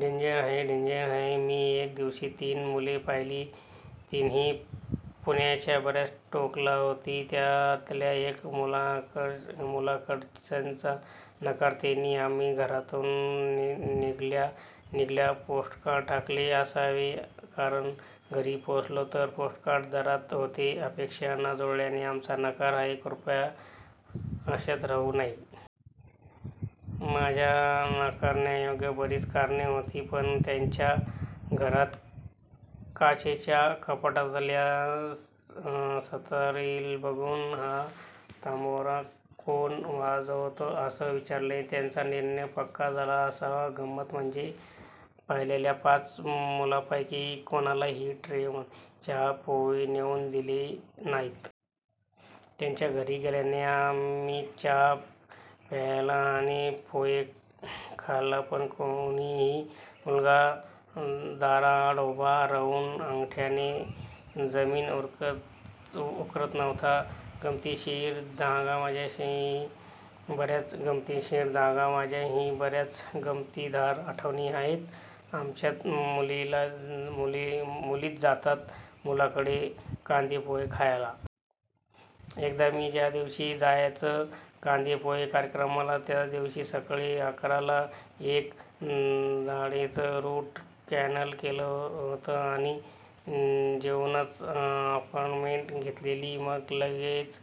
Danger आहे danger आहे मी एका दिवशी तीन मुले पाहिली. तिन्ही पुण्याच्या बऱ्याच टोकाला होती. त्यातल्या एका मुलांकडच्यांचा नकार त्यांनी आम्ही घरातून निघाल्या निघाल्या पोस्टकार्ड टाकले असावे, कारण घरी पोहचलो तर पोस्टकार्ड दारात होते 'अपेक्षा न जुळल्याने आमचा नकार आहे, कृपया आशेत राहू नये. माझ्यात नाकारण्या योग्य बरीच कारणे होती. पण त्यांच्या घरात काचेच्या कपाटातल्या सतारीला बघून 'हा तंबोरा कोण वाजवतं' असं विचरल्याने त्यांचा निर्णय पक्का झाला असावा गंमत म्हणजे पाहिलेल्या पाच मुलांपैकी कोणालाही ट्रे मध्ये चहा पोहे नेऊन दिले नाहीत. त्यांच्या घरी गेल्याने आम्हीच चहा प्यायला आणि पोहे खाल्ला. पण कोणीही मुलगा दाराआड उभा राहून अंगठ्याने जमीन उकरत नव्हता. गमतीशीर धागा, माझ्याही बऱ्याच गमतीशीर धागा, माझ्याही बऱ्याच गमतीदार आठवणी आहेत. आमच्यात मुलीच जातात मुलांकडे कांदेपोहे खायला. एकदा मी ज्या दिवशी जायचं कांदेपोहे कार्यक्रमाला त्याच दिवशी सकाळी अकर ला एका दाढेचं रूट कँनल केलं होतं. सकाळी जेऊनच अपॉइंटमेंट घेतलेली. मग लगेच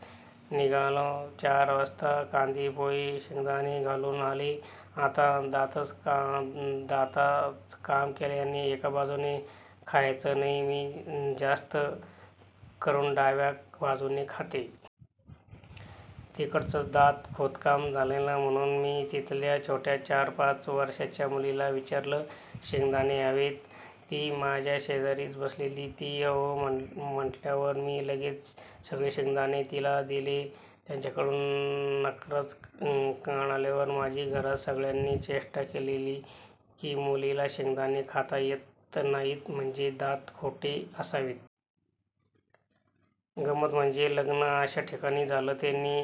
निघालो. चार वाजता कांदेपोहे शेंगदाणे घालून आले. आता दाताच काम केल्याने एक बाजूने खायचं नाही, मी जास्त करून डाव्या बाजूने खाते. तिकडचच दात खोदकाम झालेलं. म्हणून मी तिथल्या छोट्या चार ,पाच वर्षांच्या मुलीला विचारलं शेंगदाणे हवेत? ती माझ्यशेजारीच बसलेली. ती हो म्हणल्यावर मी लगेच सगळे शेंगदाणे तिला दिले. त्यांच्याकडून नकाराचं कार्ड आल्यावर माझी घरात सगळ्यांनी चेष्टा केलेली की मुलीला शेंगदाणे खाता येत नाहीत म्हणजे दात खोटे असावेत. गम्मत म्हणजे लग्न अशा ठिकाणी झालं त्यांनी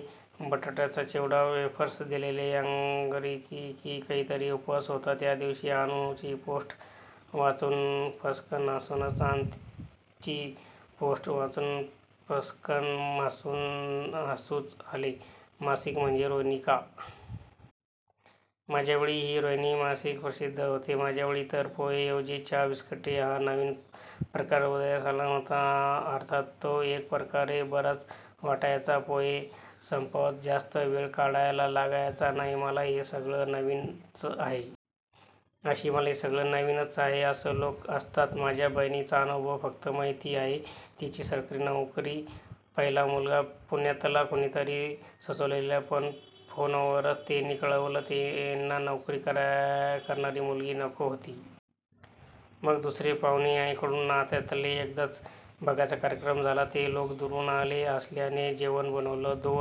बटाट्याचा चिवडा, वेफर्स दिलेले. अंगारकी की काहीतरी उपवास होता त्या दिवशी. अनु ची पोस्ट वाचून फसकन हसूच अनु ची पोस्ट वाचून फसकन हसूच आले. मासिक म्हणजे रोहिणी का? माझ्यावेळी ही रोहिणी मासिक प्रसिध्द होते. माझ्यावेळी तर पोहे ऐवजी चहा बिस्किटे हा नवीन प्रकार उदयास आला होता. अर्थात तो एक प्रकारे बराच वाटायचा. पोहे संपवत जास्त वेळ काढायला लागायचा नाही. मला हे सगळं नवीन च आहे! असेही मला हे सगळं नवीन च आहे! असेही लोकं असतात?? माझ्या बहिणीचा अनुभव फक्त माहिती आहे.. तीची सरकारी नोकरी.. पहिला मुलगा पुण्यातला.. कुणीतरी सुचवलेला.. पण फोनवरच त्यांनी कळवलं त्यांना नोकरी करणारी मुलगी नको होती. मग दुसरे पाहुणे आईकडून नात्यातले एकदाच बघायचा कार्यक्रम झाला. ते लोकं दुरून आले असल्याने जेवणच बनवलं, दोन